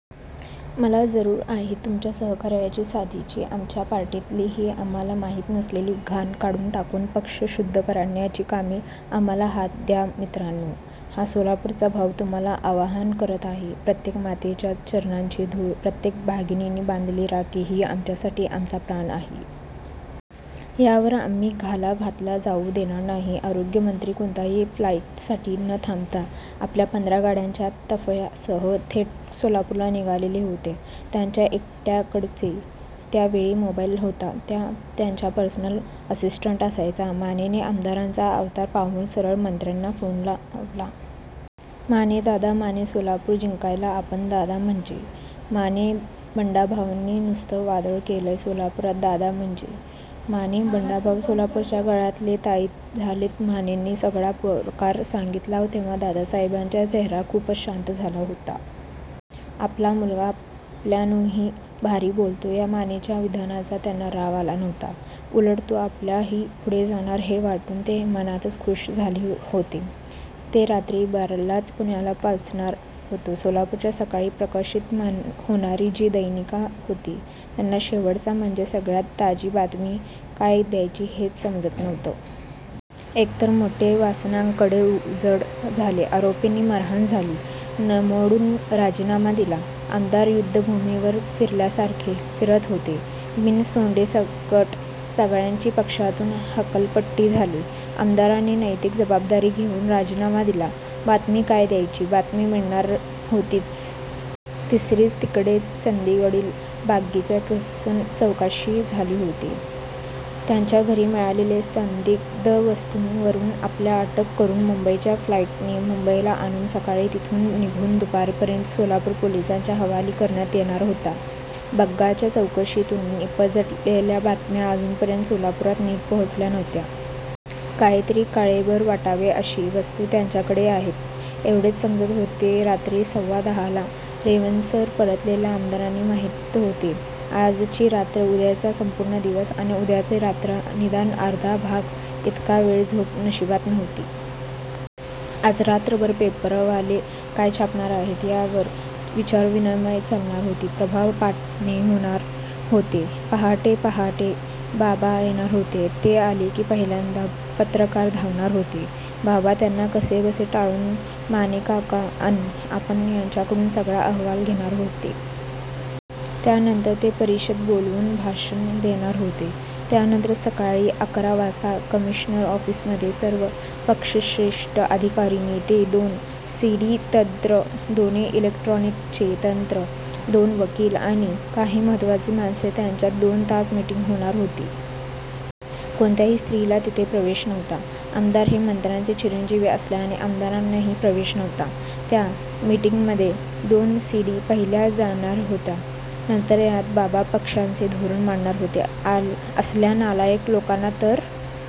मला जरूर आहे तुमच्या सहकार्याची, साथीची! आमच्याच पार्टीतील ही आम्हाला माहीत नसलेली घाण काढून टाकून पक्ष शुद्ध करण्याच्या कामी आम्हाला हात द्या मित्रांनो! हा सोलापूरचा भाऊ तुम्हाला आवाहन करत आहे. प्रत्येक मातेच्या चरणांची धूळ, प्रत्येक भगिनीने बांधलेली राखी ही आमच्यासाठी आमचा प्राण आहे. त्यावर आम्ही घाला घातला जाऊ देणार नाही... आरोग्यमंत्री कोणत्याही फ़्लाईटसाठी न थांबता त्यांच्या पंधरा गाड्यांच्या ताफ़्यासह थेट सोलापूरला निघालेले होते. त्यांच्या एकट्य़ाकडेच त्या वेळी मोबाईल होता. तो त्यांच्या पर्सनल असिस्टंटकडे असायचा. मानेने आमदारांचा अवतार पाहून सरळ मंत्र्यांना फ़ोन लावला. माने दादा, माने सोलापूर जिंकलंय आपण.. दादा म्हणजे? माने बंडाभाऊंनी नुसतं वादळ केलय सोलापुरात दादा म्हणजे?? माने बंडाभाऊ सोलापुरच्या गळ्यातले ताईत झालेत. मानेंनी सगळा प्रकार सांगीतला तेव्हा दादासाहेबांच्या चेहरा खूपच शांत झाला होता. आपला मुलगा आपल्याहूनही भारी बोलतो या मानेच्या विधानाचा त्यांना राग आला नव्हता. उलट तो आपल्याही पुढे जाणार हे वाटून ते मनातच खुष झाले होते. ते रात्री बारालाच पुण्याला पोचणार होते. सोलापूरची सकाळी प्रकाशित होणारी जी दैनिके होती त्यांना शेवटची, म्हणजे सगळ्यात ताजी बातमी काय द्यायची हेच समजत नव्हते. एकतर मोठे वासनाकांड उघड झाले. आरोपींना मारहाण झाली. नेमाडेंनी राजीनामा दिला. आमदार युद्धभूमीवर फ़िरल्यासारखे फ़िरत होते. बनसोडेंसकट सगळ्यांची पक्षातून हकालपट्टी झाली. आमदारांनी नैतिक जबाबदारी घेऊन राजीनामा दिला. बातमी काय द्यायची? बातमी मिळणार होतीच. तिसरीच! तिकडे चंदीगडला बग्गाची कसून चौकशी झाली होती. त्याच्या घरी मिळालेल्या संदिग्ध वस्तूंवरून त्याला अटक करून मुंबईच्या फ़्लाईटने मुंबईला आणून सकाळी तिथून निघून दुपारपर्यंत सोलापूर पोलिसांच्या हवाली करण्यात येणार होते. बग्गाच्या चौकशीतून निपजलेल्या बातम्या अजूनपर्यंत सोलापुरात नीट पोचल्या नव्हत्या. काहीतरी काळबेरं वाटावं अशा वस्तू त्याच्याकडे आहेत एवढेच समजत होते. रात्री सव्वा दहाला रेव्हन्सवर परतलेल्या आमदारांना माहीत होते. आजची रात्र, उद्याचा संपूर्ण दिवस अन उद्याच्या रात्रीचा निदान अर्धा भाग, इतका वेळ झोप नशीबात नव्हती. आज रात्रभर पेपरवाले काय छापणार आहेत यावर विचारविनिमय चालणार होता. प्रभाव पाडणे होणार होते. पहाटे पहाटे बाबा येणार होते. ते आले की पहिल्यांदा पत्रकार धावणार होते. बाबा त्यांना कसेबसे टाळून मानेकाका अन आपण यांच्याकडून सगळा अहवाल घेणार होते. त्यानंतर ते परिषद बोलवून भाषण देणार होते. त्यानंतर सकाळी अकरा वाजता कमिशनर ऒफ़ीसमधे सर्व पक्षश्रेष्ठी, अधिकारी, नेते, दोन सी. डी. तञ, दोन इलेक्ट्रॊनिकचे तञ, दोन वकील आणि काही महत्वाची माणसे यांच्यात दोन तास मीटिंग होणार होती. कोणत्याही स्त्रीला तेथे प्रवेश नव्हता. आमदार हे मंत्र्यांचे चिरंजीव असल्याने आमदारांनाही प्रवेश नव्हता. त्या मीटिंगमधे दोन सी. डी. पाहिल्या जाणार होत्या. नंतर त्यात बाबा पक्षाचे धोरण मांडणार होते. असल्या नालायक लोकांना तर--